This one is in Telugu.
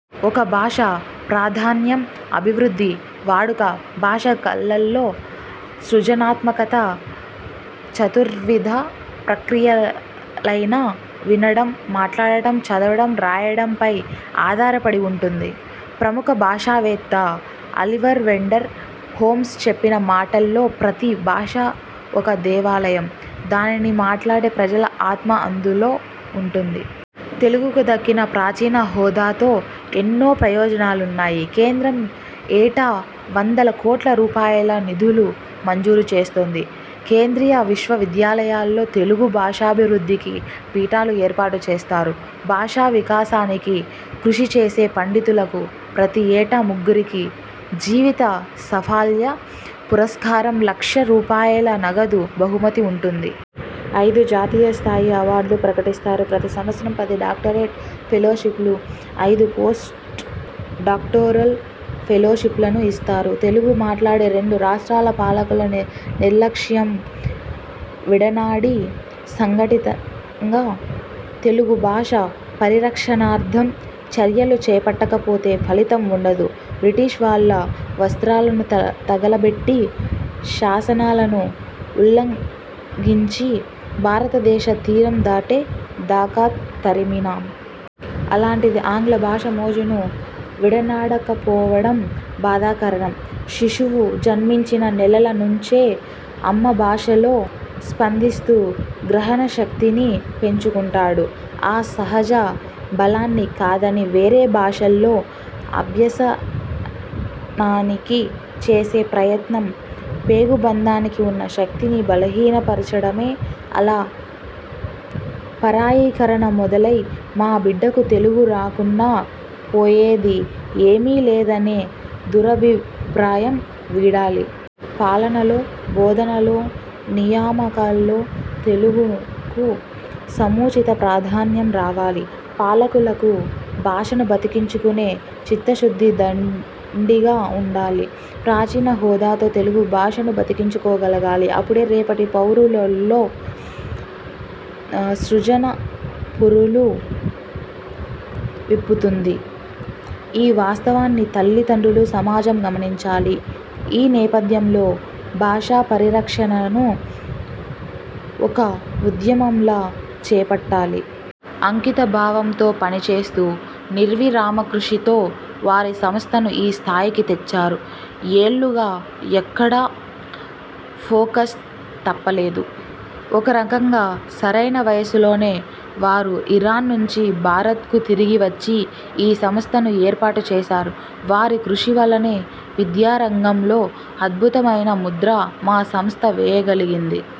ఒక భాష ప్రాధాన్యం, అభివృద్ధి, వాడుక, భాష కళల్లో సృజనాత్మకత చతుర్విద ప్రక్రియలైన వినడం, మాట్లాడడం, చదవడం, రాయడంపై ఆధారపడి ఉంటుంది. ప్రముఖ భాషావేత్త 'అలివర్ వెండర్ హోమ్స్' చెప్పిన మాటల్లో ప్రతీ భాష ఒక దేవాలయం, దానిని మాట్లాడే ప్రజల ఆత్మ అందులో ఉంటుంది. తెలుగుకు దక్కిన ప్రాచీన హోదాతో ఎన్నో ప్రయోజనాలున్నాయి. కేంద్రం ఏటా వందల కోట్ల రూపాయల నిధులు మంజూరు చేస్తుంది. కేంద్రీయ విశ్వవిద్యాలయాల్లో తెలుగు భాషాభివృద్ధికి పీఠాలు ఏర్పాటు చేస్తారు. భాషా వికాసానికి కృషి చేసే పండితులకు ప్రతి ఏటా ముగ్గురికి జీవిత సాఫల్య పురస్కారం, లక్ష రూపాయల నగదు బహుమతి ఉంటుంది. ఐదు జాతీయ స్థాయి అవార్డులు ప్రకటిస్తారు. ప్రతి సంవత్సరం పది డాక్టరేట్ ఫెలోషిప్లు, ఐదు పోస్ట్ డాక్టోరల్ ఫెలోషిప్లను ఇస్తారు. తెలుగు మాట్లాడే రెండు రాష్ర్టాల పాలకులు నిర్లక్ష్యం విడనాడి సంఘటితంగా తెలుగు భాష పరిరక్షణార్థం చర్యలు చేపట్టకపోతే ఫలితం ఉండదు. బ్రిటిష్ వాళ్ళ వస్ర్తాలను తగలబెట్టి, శాసనాలను ఉల్లంఘించి, భారతదేశ తీరం దాటే దాకా తరిమినాం. అలాంటిది ఆంగ్ల భాష మోజును విడనాడకపోవడం బాధాకరం. శిశువు జన్మించిన నెలల నుంచే అమ్మభాషలో స్పందిస్తూ గ్రహణశక్తిని పెంచుకుంటాడు. ఆ సహజ బలాన్ని కాదని వేరే భాషల్లో అభ్యసనానికి చేసే ప్రయత్నం పేగుబంధానికి ఉన్న శక్తిని బలహీనపరచడమే అలా పరాయీకరణ మొదలై మా బిడ్డకు తెలుగు రాకున్నా పోయేది ఏమీలేదనే దురభిప్రాయం వీడాలి. పాలనలో, బోధనలో, నియామకాల్లో తెలుగుకు సముచిత ప్రాధాన్యం రావాలి. పాలకులకు భాషను బతికించుకునే చిత్తశుద్ధి దండిగా ఉండాలి. ప్రాచీన హోదాతో తెలుగు భాషను బతికించుకోగలగాలి. అప్పుడే రేపటి పౌరుల్లో సృజన పురులు విప్పుతుంది. ఈ వాస్తవాన్ని తల్లిదండ్రులు, సమాజం గమనించాలి. ఈ నేపథ్యంలో భాషా పరిరక్షణను ఒక ఉద్యమంలా చేపట్టాలి. అంకితభావంతో పనిచేస్తూ, నిర్విరామకృషితో వారీ సంస్థను ఈ స్థాయికి తెచ్చారు. ఏళ్లుగా ఎక్కడా ఫోకస్ తప్పలేదు. ఒకరకంగా సరైన వయసులోనే వారు ఇరాన్ నుంచి భారత్ కు తిరిగి వచ్చి ఈ సంస్థను ఏర్పాటు చేశారు. వారి కృషివల్లనే విద్యా రంగంలో అద్భుతమైన ముద్ర మా సంస్థ వేయగలిగింది.